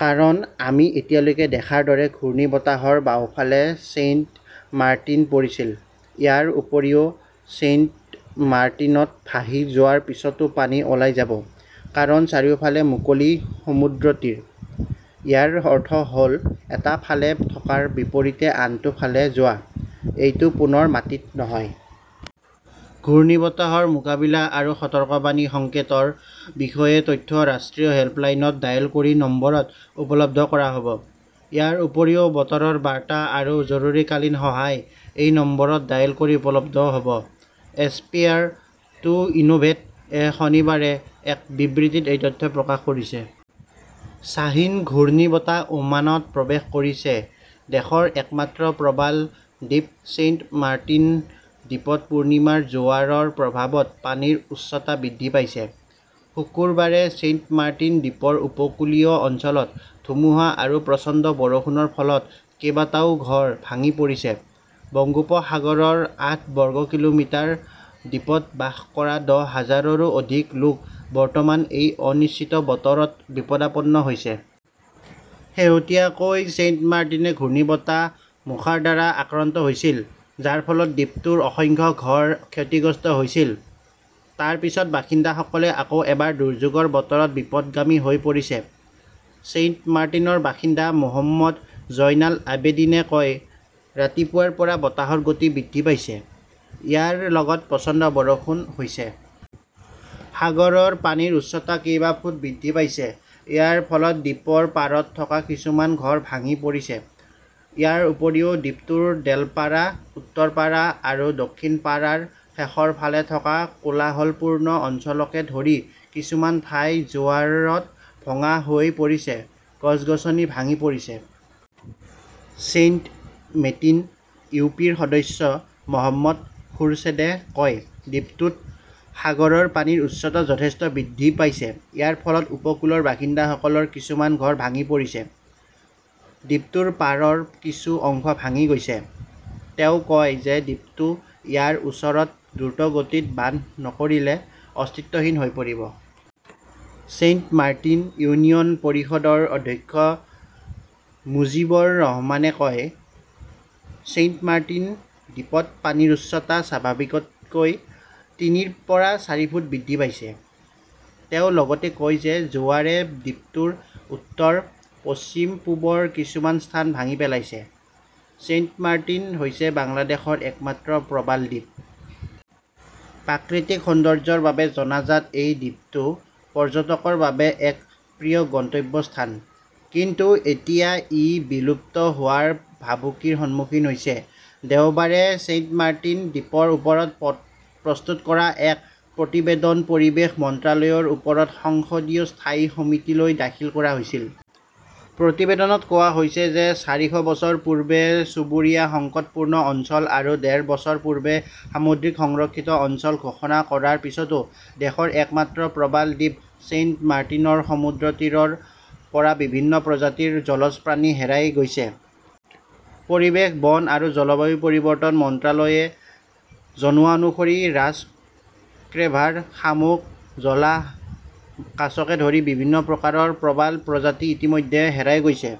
কাৰণ, আমি এতিয়ালৈকে দেখাৰ দৰে ঘূৰ্ণীবতাহৰ বাওঁফালে ছেইণ্টমাৰ্টিন পৰিছিল। ইয়াৰ উপৰিও, ছেইণ্টমাৰ্টিনত ভাহি যোৱাৰ পিছতো পানী ওলাই যাব। কাৰণ, চাৰিওফালে মুকলি সমুদ্ৰতীৰ। ইয়াৰ অৰ্থ হ'ল এটা ফালে থকাৰ বিপৰীতে আনটো ফালে যোৱা। এইটো পুনৰ মাটিত নহয়। ঘূৰ্ণীবতাহৰ মোকাবিলা আৰু সতৰ্কবাণী সংকেতৰ বিষয়ে তথ্য ৰাষ্ট্ৰীয় হেল্পলাইনত ডায়াল কৰি নম্বৰত উপলব্ধ কৰা হ'ব। ইয়াৰ উপৰিও, বতৰৰ বাৰ্তা আৰু জৰুৰীকালীন সহায় এই নম্বৰত ডায়াল কৰি উপলব্ধ হ 'ব। এছপেয়াৰ টু ইনোভেট এ শনিবাৰে এক বিবৃতিত এই তথ্য প্ৰকাশ কৰিছে। শ্বাহীন ঘূৰ্ণীবতাহ ওমানত প্ৰৱেশ কৰিছে দেশৰ একমাত্ৰ প্ৰবাল দ্বীপ ছেইণ্টমাৰ্টিন দ্বীপত পূৰ্ণিমাৰ জোৱাৰৰ প্ৰভাৱত পানীৰ উচ্চতা বৃদ্ধি পাইছে। শুকুৰবাৰে ছেইণ্টমাৰ্টিন দ্বীপৰ উপকূলীয় অঞ্চলত ধুমুহা আৰু প্ৰচণ্ড বৰষুণৰ ফলত কেইবাটাও ঘৰ ভাঙি পৰিছে। বংগোপসাগৰৰ আঠ বৰ্গ কিলোমিটাৰ দ্বীপত বাস কৰা দহ হাজাৰৰো অধিক লোক বৰ্তমান এই অনিশ্চিত বতৰত বিপদাপন্ন হৈছে। শেহতীয়াকৈ, ছেইণ্টমাৰ্টিনে ঘূৰ্ণীবতাহ মোখাৰ দ্বাৰা আক্ৰান্ত হৈছিল, যাৰ ফলত দ্বীপটোৰ অসংখ্য ঘৰ ক্ষতিগ্ৰস্ত হৈছিল। তাৰ পিছত বাসিন্দাসকলে আকৌ এবাৰ দুৰ্যোগৰ বতৰত বিপথগামী হৈ পৰিছে। ছেইণ্টমাৰ্টিনৰ বাসিন্দা মো. জয়নাল আবেদীনে কয়, ৰাতিপুৱাৰ পৰা বতাহৰ গতি বৃদ্ধি পাইছে, ইয়াৰ লগত প্ৰচণ্ড বৰষুণ হৈছে। সাগৰৰ পানীৰ উচ্চতা কেইবা ফুট বৃদ্ধি পাইছে। ইয়াৰ ফলত দ্বীপৰ পাৰত থকা কিছুমান ঘৰ ভাঙি পৰিছে। ইয়াৰ উপৰিও দ্বীপটোৰ ডেলপাৰা, উত্তৰপাৰা আৰু দক্ষিণপাৰাৰ শেষৰ ফালে থকা কোলাহলপূৰ্ণ অঞ্চলকে ধৰি কিছুমান ঠাই জোৱাৰত ভঙা হৈ পৰিছে, গছ-গছনি ভাঙি পৰিছে। Saint Martin U. পি. ৰ সদস্য মহম্মদ খোৰছেডে কয়, দ্বীপটোত সাগৰৰ পানীৰ উচ্চতা যথেষ্ট বৃদ্ধি পাইছে। ইয়াৰ ফলত উপকূলৰ বাসিন্দাসকলৰ কিছুমান ঘৰ ভাঙি পৰিছে। দ্বীপটোৰ পাৰৰ কিছু অংশ ভাঙি গৈছে। তেওঁ কয় যে দ্ৰীপটো ইয়াৰ ওচৰত দ্ৰুতগতিত বান্ধ নকৰিলে অস্তিত্বহীন হৈ পৰিব। ছেইণ্টমাৰ্টিন ইউনিয়ন পৰিষদৰ অধ্যক্ষ মুজীবৰ ৰহমানে কয়, "ছেইণ্টমাৰ্টিন দ্বীপত পানীৰ উচ্চতা স্বাভাৱিকতকৈ তিনিৰ পৰা চাৰি ফুট বৃদ্ধি পাইছে।" তেওঁ লগতে কয় যে জোৱাৰে দ্বীপটোৰ উত্তৰ, পশ্চিম-পূবৰ কিছুমান স্থান ভাঙি পেলাইছে। ছেইণ্টমাৰ্টিন হৈছে বাংলাদেশৰ একমাত্ৰ প্ৰবাল দ্বীপ। প্ৰাকৃতিক সৌন্দৰ্য্যৰ বাবে জনাজাত এই দ্বীপটো পৰ্যটকৰ বাবে এক প্ৰিয় গন্তব্যস্থান। কিন্তু এতিয়া ই বিলুপ্ত হোৱাৰ ভাবুকিৰ সন্মুখীন হৈছে। দেওবাৰে ছেইণ্টমাৰ্টিন দ্বীপৰ ওপৰত প্ৰস্তুত কৰা এক প্ৰতিবেদন পৰিৱেশ মন্ত্ৰালয়ৰ ওপৰত সংসদীয় স্থায়ী সমিতিলৈ দাখিল কৰা হৈছিল। প্ৰতিবেদনত কোৱা হৈছে যে চাৰিশ বছৰ পূৰ্বে চুবুৰীয়া সংকটপূৰ্ণ অঞ্চল আৰু ডেৰ বছৰ পূৰ্বে সামুদ্ৰিক সংৰক্ষিত অঞ্চল ঘোষণা কৰাৰ পিছতো দেশৰ একমাত্ৰ প্ৰবাল দ্বীপ ছেইণ্টমাৰ্টিনৰ সমুদ্ৰতীৰৰ পৰা বিভিন্ন প্ৰজাতিৰ জলজ প্ৰাণী হেৰাই গৈছে। পৰিৱেশ, বন আৰু জলবায়ু পৰিৱৰ্তন মন্ত্ৰালয়ে জনোৱা অনুসৰি ৰাজ ক্ৰেভাৰ, শামুক, জলাহ, কাছকে ধৰি বিভিন্ন প্ৰকাৰৰ প্ৰবাল প্ৰজাতি ইতিমধ্যে হেৰাই গৈছে।